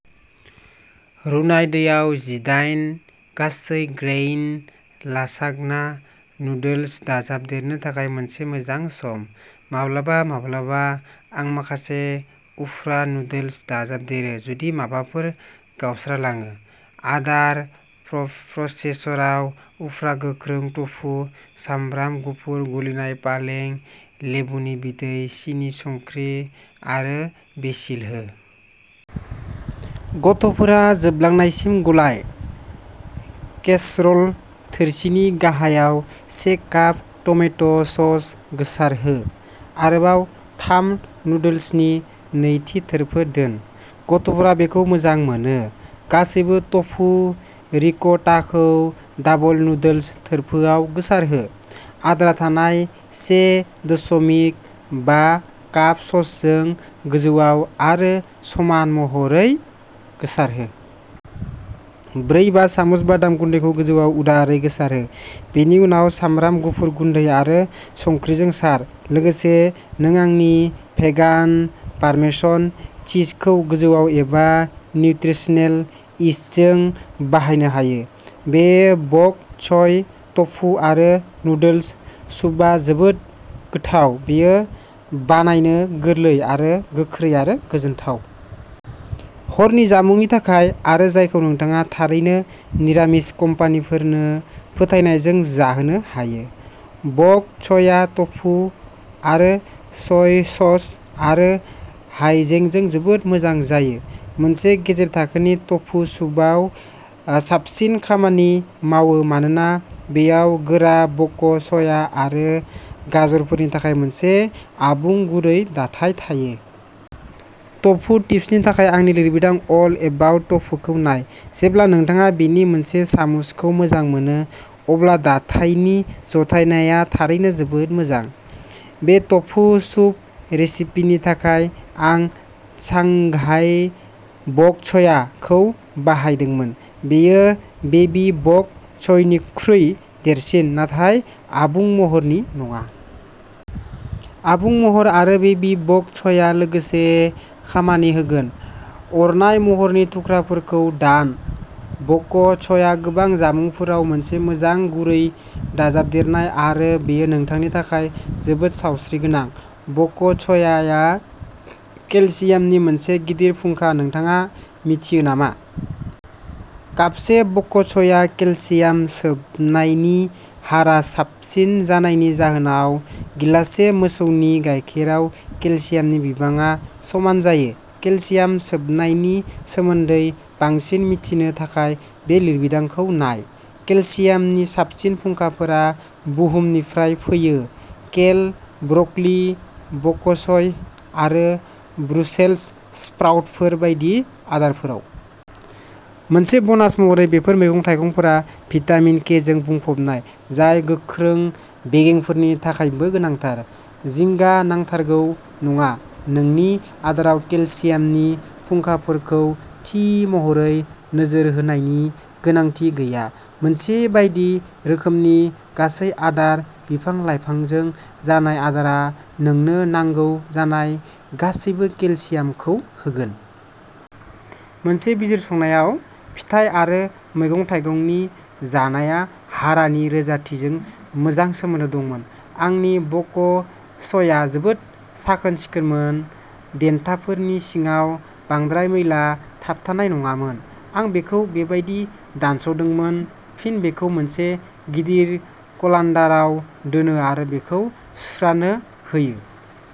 रुनाय दैयाव जिदाइन गासै ग्रेइन लासाग्ना नुडल्स दाजाबदेरनो थाखाय मोनसे मोजां सम। माब्लाबा माब्लाबा आं माखासे उफ्रा नुडल्स दाजाबदेरो, जुदि माबाफोर गावस्रालाङो, आदार प्रसेसराव, उफ्रा गोख्रों टफु, सामब्राम गुफुर, गलिनाय पालें, लेबुनि बिदै, सिनि, संख्रि आरो बेसिल हो। गथाफोरा जोबलांनायसिम गलाय। केसर'ल थोरसिनि गाहायाव से काप टमेट' सस गोसारहो। आरोबाव थाम नुडल्सनि नैथि थोरफो दोन। गथ'फोरा बेखौ मोजां मोनो। गासैबो टफु रिक'टाखौ डाबल नुडल्स थोरफोआव गोसारहो। आद्रा थानाय से दस'मिक बा काप ससजों गोजौआव आरो समान महरै गोसारहो। ब्रै-बा सामुस बादाम गुन्दैखौ गोजौआव उदारै गोसारहो, बेनि उनाव सामब्राम गुफुर गुन्दै आरो संख्रिजों सार। लोगोसे नों आंनि भेगान पार्मेसन चीजखौ गोजौआव, एबा निउत्रिसनेल इस्टजों बाहायनो हायो। बे बक च'य, टफु आरो नुडल्स सुपआ जोबोद गोथाव, बेयो बानायनो गोरलै आरो गोख्रै आरो गोजोनथाव। हरनि जामुंनि थाखाय, आरो जायखौ नोंथाङा थारैनो निरामिस कम्पानिफोरनो फोथायनायजों जाहोनो हायो। बक चया टफु, आरो सय सस, आरो हायजेंजों जोबोद मोजां जायो। मोनसे गेजेर थाखोनि टफु सुपआव साबसिन खामानि मावो मानोना बेयाव गोरा बक चया आरो गाजरफोरनि थाखाय मोनसे आबुं गुरै दाथाय थायो। टफु टिप्सनि थाखाय आंनि लिरबिदां अल एबाउट टफुखौ नाय। जेब्ला नोंथाङा बेनि मोनसे सामुसखौ मोजां मोनो, अब्ला दाथायनि जथायनाया थारैनो जोबोद मोजां। बे टफु सुप रेसिपिनि थाखाय आं "शांघाई बक चया" खौ बाहायदोंमोन, बेयो बेबी बक चयनिख्रुइ देरसिन, नाथाय आबुं महरनि नङा। आबुं महर आरो बेबी बक चया लोगोसे खामानि होगोन। अरनाय महरनि थुख्राफोरखौ दान। बक चया गोबां जामुंफोराव मोनसे मोजां गुरै दाजाबदेरनाय, आरो बेयो नोंथांनि थाखाय जोबोद सावस्रिगोनां। बक चया आ केलसियामनि मोनसे गिदिर फुंखा नोंथाङा मिथियो नामा? कापसे बक चया, केलसियाम सोबनायनि हारआ साबसिन जानायनि जाहोनाव गिलाससे मोसौनि गायखेरआव केलसियामनि बिबांआ समान जायो। केलसियाम सोबनायनि सोमोन्दै बांसिन मिथिनो थाखाय बे लिरबिदांखौ नाय। केलसियामनि साबसिन फुंखाफोरा बुहुमनिफ्राय फैयो, केल, ब्रकलि, बक च'य आरो ब्रुसेल्स स्प्राउटफोर बायदि आदारफोराव। मोनसे बनास महरै, बेफोर मैगं-थाइगंफोरा भिटामिन के जों बुंफबनाय, जाय गोख्रों बेगेंफोरनि थाखायबो गोनांथार। जिंगा नांथारगौ नङा, नोंनि आदाराव केलसियामनि फुंखाफोरखौ थि महरै नोजोर होनायनि गोनांथि गैया। मोनसे बायदि रोखोमनि, गासै-आदार, बिफां-लाइफांजों जानाय आदारआ नोंनो नांगौ जानाय गासैबो केलसियामखौ होगोन। मोनसे बिजिरसंनायाव, फिथाइ आरो मैगं-थाइगंनि जानाया हारानि रोजाथिजों मोजां सोमोन्दो दंमोन। आंनि बक च'यआ जोबोद साखोन-सिखोनमोन, देन्थाफोरनि सिङाव बांद्राय मैला थाबथानाय नङामोन। आं बेखौ बेबायदि दानस'दोंमोन, फिन बेखौ मोनसे गिदिर कलान्दाराव दोनो आरो बेखौ सुस्रानो होयो।